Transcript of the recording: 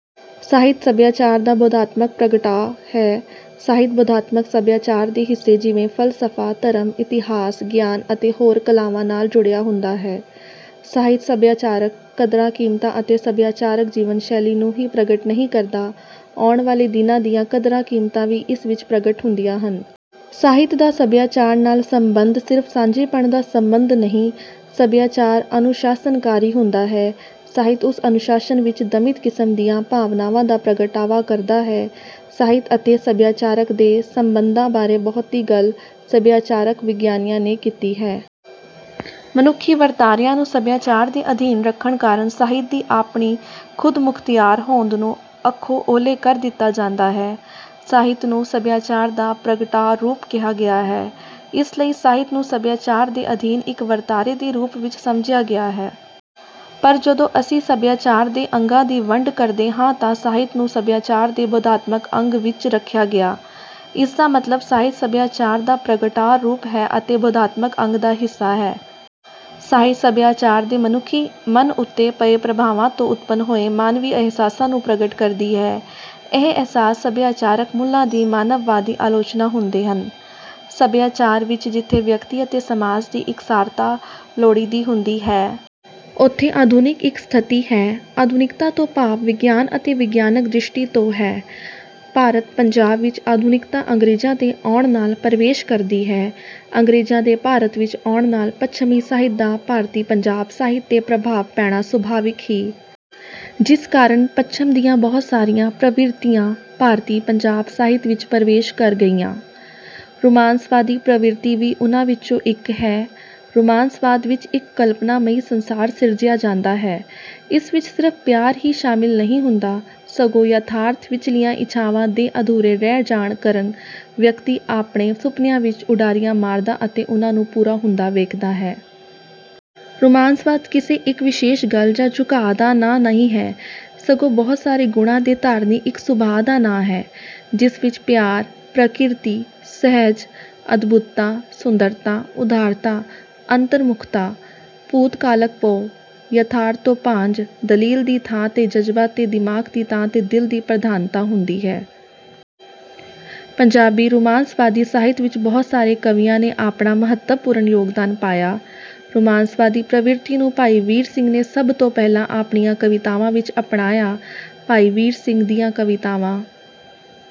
ਸਾਹਿਤ ਸਭਿਆਚਾਰ ਦਾ ਬੋਧਾਤਮਕ ਪ੍ਰਗਟਾਅ ਹੈ। ਸਾਹਿਤ ਬੋਧਾਤਮਕ ਸਭਿਆਚਾਰ ਦੇ ਹਿੱਸੇ ਜਿਵੇਂ- ਫਲਸਫਾ, ਧਰਮ, ਇਤਿਹਾਸ, ਗਿਆਨ ਅਤੇ ਹੋਰ ਕਲਾਵਾਂ ਨਾਲ ਜੁੜਿਆ ਹੁੰਦਾ ਹੈ। ਸਾਹਿਤ ਸਭਿਆਚਾਰਕ ਕਦਰਾਂ-ਕੀਮਤਾਂ ਅਤੇ ਸਭਿਆਚਾਰਕ ਜੀਵਨ ਸ਼ੈਲੀ ਨੂੰ ਹੀ ਪ੍ਰਗਟ ਨਹੀਂ ਕਰਦਾ, ਆਉਣ ਵਾਲੇ ਦਿਨਾਂ ਦੀਆਂ ਕਦਰਾਂ-ਕੀਮਤਾਂ ਵੀ ਇਸ ਵਿਚ ਪ੍ਰਗਟ ਹੁੰਦੀਆਂ ਹਨ। ਸਾਹਿਤ ਦਾ ਸਭਿਆਚਾਰ ਨਾਲ ਸੰਬੰਧ ਸਿਰਫ ਸਾਂਝੇਪਣ ਦਾ ਸੰਬੰਧ ਨਹੀਂ। ਸਭਿਆਚਾਰ ਅਨੁਸ਼ਾਸਨਕਾਰੀ ਹੁੰਦਾ ਹੈ। ਸਾਹਿਤ ਉਸ ਅਨੁਸ਼ਾਸਨ ਵਿੱਚ ਦਮਿਤ ਕਿਸਮ ਦੀਆਂ ਭਾਵਨਾਵਾਂ ਦਾ ਪ੍ਰਗਟਾਵਾ ਕਰਦਾ ਹੈ। ਸਾਹਿਤ ਅਤੇ ਸਭਿਆਚਾਰਕ ਦੇ ਸੰਬੰਧਾਂ ਬਾਰੇ ਬਹੁਤੀ ਗੱਲ ਸਭਿਆਚਾਰਕ ਵਿਗਿਆਨੀਆਂ ਨੇ ਕੀਤੀ ਹੈ। ਮਨੁੱਖੀ ਵਰਤਾਰਿਆਂ ਨੂੰ ਸਭਿਆਚਾਰ ਦੇ ਅਧੀਨ ਰੱਖਣ ਕਾਰਨ ਸਾਹਿਤ ਦੀ ਆਪਣੀ ਖ਼ੁਦਮੁਖ਼ਤਿਆਰ ਹੋਂਦ ਨੂੰ ਅੱਖੋਂ ਉਹਲੇ ਕਰ ਦਿੱਤਾ ਜਾਦਾਂ ਹੈ। ਸਾਹਿਤ ਨੂੰ ਸਭਿਆਚਾਰ ਦਾ ਪਰਗਟਾਅ ਰੂਪ ਕਿਹਾ ਗਿਆ ਹੈ। ਇਸ ਲਈ ਸਾਹਿਤ ਨੂੰ ਸਭਿਆਚਾਰ ਦੇ ਅਧੀਨ ਇਕ ਵਰਤਾਰੇ ਦੇ ਰੂਪ ਵਿੱਚ ਸਮਝਿਆ ਗਿਆ ਹੈ। ਪਰ ਜਦੋਂ ਅਸੀਂ ਸਭਿਆਚਾਰ ਦੇ ਅੰਗਾਂ ਦੀ ਵੰਡ ਕਰਦੇ ਹਾਂ ਤਾ ਸਾਹਿਤ ਨੂੰ ਸਭਿਆਚਾਰ ਦੇ ਬੋਧਾਤਮਕ ਅੰਗ ਵਿੱਚ ਰੱਖਿਆ ਗਿਆ। ਇਸ ਦਾ ਮਤਲਬ ਸਾਹਿਤ ਸਭਿਆਚਾਰ ਦਾ ਪਰਗਟਾਅ ਰੂਪ ਹੈ ਅਤੇ ਬੋਧਾਤਮਕ ਅੰਗ ਦਾ ਹਿੱਸਾ ਹੈ। ਸਾਹਿਤ ਸਭਿਆਚਾਰ ਦੇ ਮਨੁੱਖੀ ਮਨ ਉੱਤੇ ਪਏ ਪ੍ਰਭਾਵਾਂ ਤੋਂ ਉਤਪੰਨ ਹੋਏ ਮਾਨਵੀ ਅਹਿਸਾਸਾਂ ਨੂੰ ਪ੍ਰਗਟ ਕਰਦੀ ਹੈ। ਇਹ ਅਹਿਸਾਸ ਸਭਿਆਚਾਰਕ ਮੁੱਲਾਂ ਦੀ ਮਾਨਵਵਾਦੀ ਆਲੋਚਨਾ ਹੁੰਦੇ ਹਨ। ਸਭਿਆਚਾਰ ਵਿੱਚ ਜਿੱਥੇ ਵਿਅਕਤੀ ਅਤੇ ਸਮਾਜ ਦੀ ਇਕਸਾਰਤਾ ਲੋੜੀਦੀ ਹੁੰਦੀ ਹੈ। ਉੱਥੇ ਆਧੁਨਿਕ ਇੱਕ ਸਥਿਤੀ ਹੈ। ਆਧੁਨਿਕਤਾ ਤੋਂ ਭਾਵ ਵਿਗਿਆਨ ਅਤੇ ਵਿਗਿਆਨਕ ਦ੍ਰਿਸ਼ਟੀ ਤੋਂ ਹੈ। ਭਾਰਤ ਪੰਜਾਬ ਵਿੱਚ ਆਧੁਨਿਕਤਾ ਅੰਗਰੇਜ਼ਾ ਦੇ ਆਉਣ ਨਾਲ ਪ੍ਰਵੇਸ਼ ਕਰਦੀ ਹੈ। ਅੰਗਰੇਜ਼ਾਂ ਦੇ ਭਾਰਤ ਵਿੱਚ ਆਉਣ ਨਾਲ ਪੱਛਮੀ ਸਾਹਿਤ ਦਾ ਭਾਰਤੀ ਪੰਜਾਬ ਸਾਹਿਤ ਤੇ ਪ੍ਰਭਾਵ ਪੈਣਾ ਸੁਭਾਵਿਕ ਹੀ। ਜਿਸ ਕਾਰਨ ਪੱਛਮ ਦੀਆਂ ਬਹੁਤ ਸਾਰੀਆਂ ਪ੍ਰਵਿਰਤੀਆਂ ਭਾਰਤੀ ਪੰਜਾਬ ਸਾਹਿਤ ਵਿੱਚ ਪ੍ਰਵੇਸ਼ ਕਰ ਗਈਆਂ। ਰੁਮਾਂਸਵਾਦੀ ਪ੍ਰਵਿਰਤੀ ਵੀ ਉਨ੍ਹਾਂ ਵਿੱਚੋਂ ਇੱਕ ਹੈ। ਰੁਮਾਂਸਵਾਦ ਵਿੱਚ ਇੱਕ ਕਲਪਨਾ ਮਈ ਸੰਸਾਰ ਸਿਰਜਿਆ ਜਾਂਦਾ ਹੈ। ਇਸ ਵਿੱਚ ਸਿਰਫ਼ ਪਿਆਰ ਹੀ ਸ਼ਾਮਿਲ ਨਹੀਂ ਹੁੰਦਾ, ਸਗੋਂ ਯਥਾਰਥ ਵਿਚਲੀਆਂ ਇੱਛਾਵਾਂ ਦੇ ਅਧੂਰੇ ਰਹਿ ਜਾਣ ਕਰਨ ਵਿਅਕਤੀ ਆਪਣੇ ਸੁਪਨਿਆਂ ਵਿੱਚ ਉਡਾਰੀਆਂ ਮਾਰਦਾ ਅਤੇ ਉਨ੍ਹਾਂ ਨੂੰ ਪੂਰਾ ਹੁੰਦਾ ਵੇਖਦਾ ਹੈ। ਰੁਮਾਂਸਵਾਦ ਕਿਸੇ ਇੱਕ ਵਿਸ਼ੇਸ਼ ਗੱਲ ਜਾਂ ਝੁਕਾਅ ਦਾ ਨਾਂ ਨਹੀਂ ਹੈ ਸਗੋਂ ਬਹੁਤ ਸਾਰੇ ਗੁਣਾਂ ਦੇ ਧਾਰਨੀ ਇੱਕ ਸੁਭਾਅ ਦਾ ਨਾਂ ਹੈ। ਜਿਸ ਵਿੱਚ ਪਿਆਰ, ਪ੍ਰਕਿਰਤੀ, ਸੁਹਜ, ਅਦਭੁੁਤਤਾਂ, ਸੁੰਦਰਤਾ, ਉਦਾਰਤਾ, ਅੰਤਰਮੁੁਖਤਾਂ, ਭੂਤਕਾਲਕ ਪੋਹ, ਯਥਾਰਥ ਤੋਂ ਭਾਂਜ, ਦਲੀਲ ਦੀ ਥਾਂ ਤੇ ਜਜ਼ਬਾ ਤੇ ਦਿਮਾਗ ਦੀ ਥਾਂ ਤੇ ਦਿਲ ਦੀ ਪ੍ਰਧਾਨਤਾ ਹੁੰਦੀ ਹੈ। ਪੰਜਾਬੀ ਰੁਮਾਂਸਵਾਦੀ ਸਾਹਿਤ ਵਿੱਚ ਬਹੁਤ ਸਾਰੇ ਕਵੀਆਂ ਨੇ ਆਪਣਾ ਮਹੱਤਵਪੂਰਨ ਯੋਗਦਾਨ ਪਾਇਆ। ਰੁਮਾਂਸਵਾਦੀ ਪ੍ਰਵਿਰਤੀ ਨੂੰ ਭਾਈ ਵੀਰ ਸਿੰਘ ਨੇ ਸਭ ਤੋਂ ਪਹਿਲਾਂ ਆਪਣੀਆਂ ਕਵਿਤਾਵਾਂ ਵਿੱਚ ਅਪਣਾਇਆ। ਭਾਈ ਵੀਰ ਸਿੰਘ ਦੀਆਂ ਕਵਿਤਾਵਾਂ